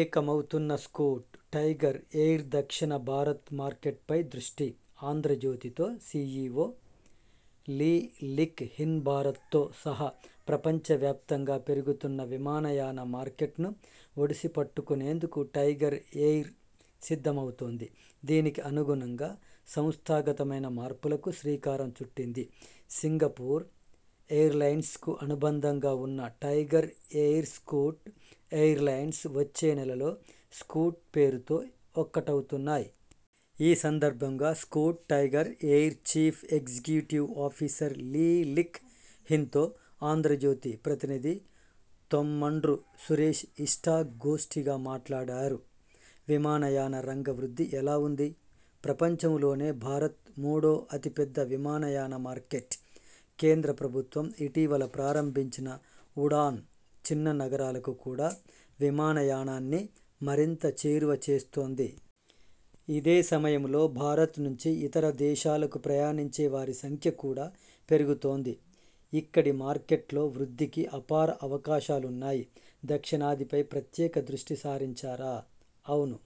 ఏకమవుతున్న Scoot, Tiger ఎయిర్దక్షిణ భారత మార్కెట్పై దృష్టి 'ఆంధ్రజ్యోతి'తో సిఇఒ లీ లిక్ హిన్భారత్తో సహా ప్రపంచవ్యాప్తంగా పెరుగుతున్న విమానయాన మార్కెట్ను ఒడిసి పట్టుకునేందుకు 'టైగర్ ఎయిర్' సిద్ధమవుతోంది. దీనికి అనుగుణంగా సంస్థాగతమైన మార్పులకు శ్రీకారం చుట్టింది. సింగపూర్ ఎయిర్లైన్స్కు అనుబంధంగా ఉన్న టైగర్ ఎయిర్, స్కూట్ ఎయిర్లైన్స్ వచ్చే నెలలో 'స్కూట్' పేరుతో ఒక్కటవుతున్నాయి. ఈ సందర్భంగా Scoot Tiger Air chief executive officer Lee Lik హిన్తో ఆంధ్రజ్యోతి ప్రతినిధి తొమ్మండ్రు సురేశ్ ఇష్ఠా గోష్ఠిగా మాటాడారు. విమానయాన రంగ వృద్ధి ఎలా ఉంది? ప్రపంచంలోనే భారత్ మూడో అతిపెద్ద విమానయాన మార్కెట్. కేంద్ర ప్రభుత్వం ఇటీవల ప్రారంభించిన 'ఉడాన్' చిన్న నగరాలకు కూడా విమానయానాన్ని మరింత చేరువ చేస్తోంది. ఇదే సమయంలో భారత్ నుంచి ఇతర దేశాలకు ప్రయాణించే వారి సంఖ్య కూడా పెరుగుతోంది. ఇక్కడి మార్కెట్లో వృద్ధికి అపార అవకాశాలున్నాయి. దక్షిణాదిపై ప్రత్యేక దృష్టి సారించారా? ఔను!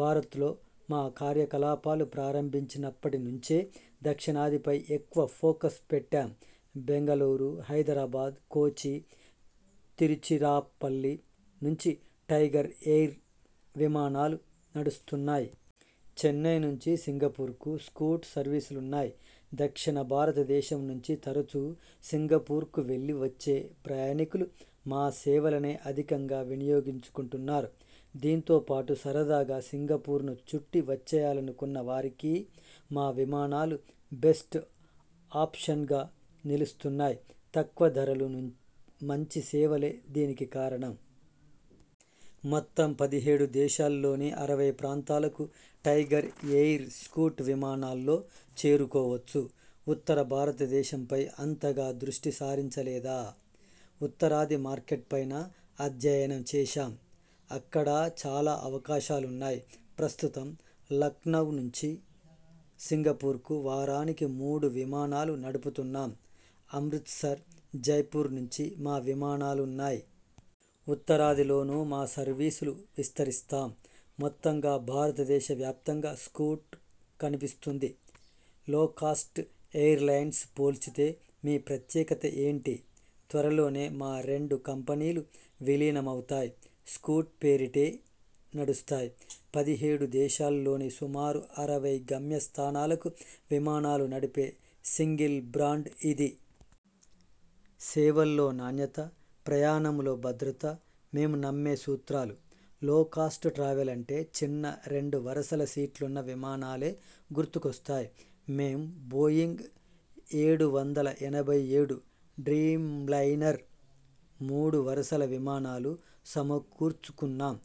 భారత్లో మా కార్యకలాపాలు ప్రారంభించినప్పటి నుంచే దక్షిణాదిపై ఎక్కువ ఫోకస్ పెట్టాం. బెంగళూరు, హైదరాబాద్, కోచి, తిరుచిరాపల్లి నుంచి టైగర్ ఎయిర్ విమానాలు నడుస్తున్నాయి. చెన్నై నుంచి సింగపూర్కు 'స్కూట్' సర్వీసులున్నాయి. దక్షిణ భారత దేశం నుంచి తరచూ సింగపూర్కు వెళ్లి, వచ్చే ప్రయాణికులు మా సేవలనే అధికంగా వినియోగించుకుంటున్నారు. దీంతో పాటు సరదాగా సింగపూర్ను చుట్టి వచ్చేయాలనుకున్న వారికీ మా విమానాలు బెస్ట్ ఆప్షన్గా నిలుస్తున్నాయి. తక్కువ ధరలు, మంచి సేవలే దీనికి కారణం. మొత్తం పదిహేడు దేశాల్లోని అరవై ప్రాంతాలకు టైగర్ ఎయిర్, స్కూట్ విమానాల్లో చేరుకోవచ్చు. ఉత్తర భారతంపై అంతగా దృష్టి సారించలేదా? ఉత్తరాది మార్కెట్పైనా అధ్యయనం చేశాం. అక్కడా చాలా అవకాశాలున్నాయి. ప్రస్తుతం లఖ్నవ్ నుంచి సింగపూర్కు వారానికి మూడు విమానాలు నడుపుతున్నాం. అమృత్సర్, జైపూర్ నుంచీ మా విమానాలున్నాయి. ఉత్తరాదిలోనూ మా సర్వీసులు విస్తరిస్తాం. మొత్తంగా భారతదేశ వ్యాప్తంగా 'స్కూట్' కనిపిస్తుంది. లోకాస్ట్ ఎయిర్లైన్స్ పోల్చితే మీ ప్రత్యేకత ఏంటి? త్వరలోనే మా రెండు కంపెనీలు విలీనమవుతాయి. 'స్కూట్' పేరిటే నడుస్తాయి. పదిహేడు దేశాల్లోని సుమారు అరవై గమ్యస్థానాలకు విమానాలు నడిపే 'సింగిల్ బ్రాండ్' ఇది. సేవల్లో నాణ్యత, ప్రయాణంలో భద్రత మేం నమ్మే సూత్రాలు. లోకాస్ట్ ట్రావెల్ అంటే చిన్న, రెండు వరుసల సీట్లున్న విమానాలే గుర్తుకొస్తాయి. మేం బోయింగ్ ఏడు వందల ఎనభై ఏడు డ్రీమ్లైనర్ మూడు వరుసల విమానాలు సమకూర్చుకున్నాం.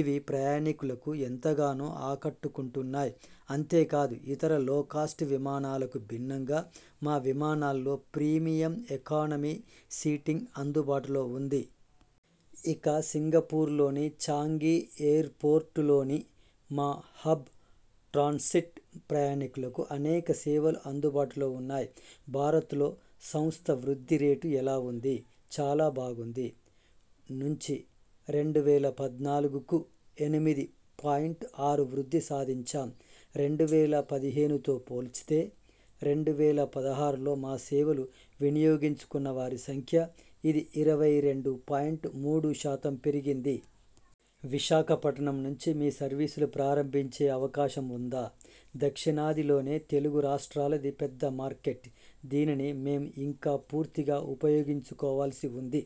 ఇవి ప్రయాణికులకు ఎంతగానో ఆకట్టుకుంటున్నాయి. అంతేకాదు, ఇతర లోకాస్ట్ విమానాలకు భిన్నంగా మా విమానాల్లో ప్రీమియం ఎకానమీ సీటింగ్ అందుబాటులో ఉంది. ఇక సింగపూర్లోని చాంగి ఎయిర్పోర్టులోని మా హబ్ 'ట్రాన్సిట్' ప్రయాణికులకు అనేక సేవలు అందుబాటులో ఉన్నాయి. భారత్లో సంస్థ వృద్ధి రేటు ఎలా ఉంది? చాలా బాగుంది. నుంచి రెండు వేల పద్నాలుగుకు ఎనిమిది పాయింట్ ఆరు వృద్ధి సాధించాం. రెండు వేల పదిహేనుతో పోల్చితే రెండు వేల పదహారులో మా సేవలు వినియోగించుకున్న వారి సంఖ్య ఇది ఇరవై రెండు పాయింట్ మూడు శాతం పెరిగింది. విశాఖపట్నం నుంచి మీ సర్వీసులు ప్రారంభించే అవకాశం ఉందా? దక్షిణాది లోనే తెలుగు రాష్ట్రాలది పెద్ద మార్కెట్. దీనిని మేం ఇంకా పూర్తిగా ఉపయోగించుకోవాల్సి ఉంది.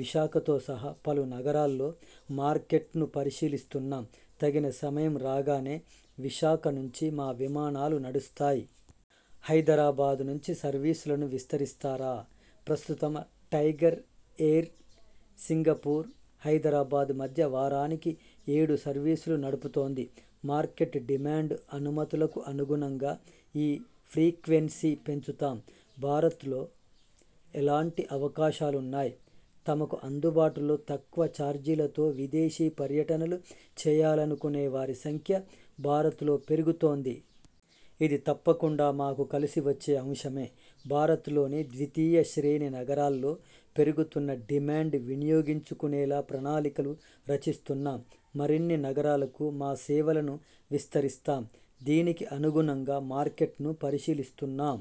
విశాఖతో సహా పలు నగరాల్లో మార్కెట్ను పరిశీలిస్తున్నాం. తగిన సమయం రాగానే విశాఖ నుంచి మా విమానాలు నడుస్తాయి. హైదరాబాద్ నుంచి సర్వీసులను విస్తరిస్తారా? ప్రస్తుతం టైగర్ ఎయిర్ సింగపూర్-హైదరాబాద్ మధ్య వారానికి ఏడు సర్వీసులు నడుపుతోంది. మార్కెట్ డిమాండ్, అనుమతులకు అనుగుణంగా ఈ ఫ్రీక్వెన్సీ పెంచుతాం. భారత్లో ఎలాంటి అవకాశాలున్నాయి? తమకు అందుబాటులో, తక్కువ చార్జీలతో విదేశీ పర్యటనలు చేయాలనుకునే వారి సంఖ్య భారత్లో పెరుగుతోంది. ఇది తప్పకుండా మాకు కలిసి వచ్చే అంశమే. భారత్లోని ద్వితీయ శ్రేణి నగరాల్లో పెరుగుతున్న డిమాండ్ వినియోగించుకునేలా ప్రణాళికలు రచిస్తున్నాం. మరిన్ని నగరాలకు మా సేవలను విస్తరిస్తాం. దీనికి అనుగుణంగా మార్కెట్ను పరిశీలిస్తున్నాం.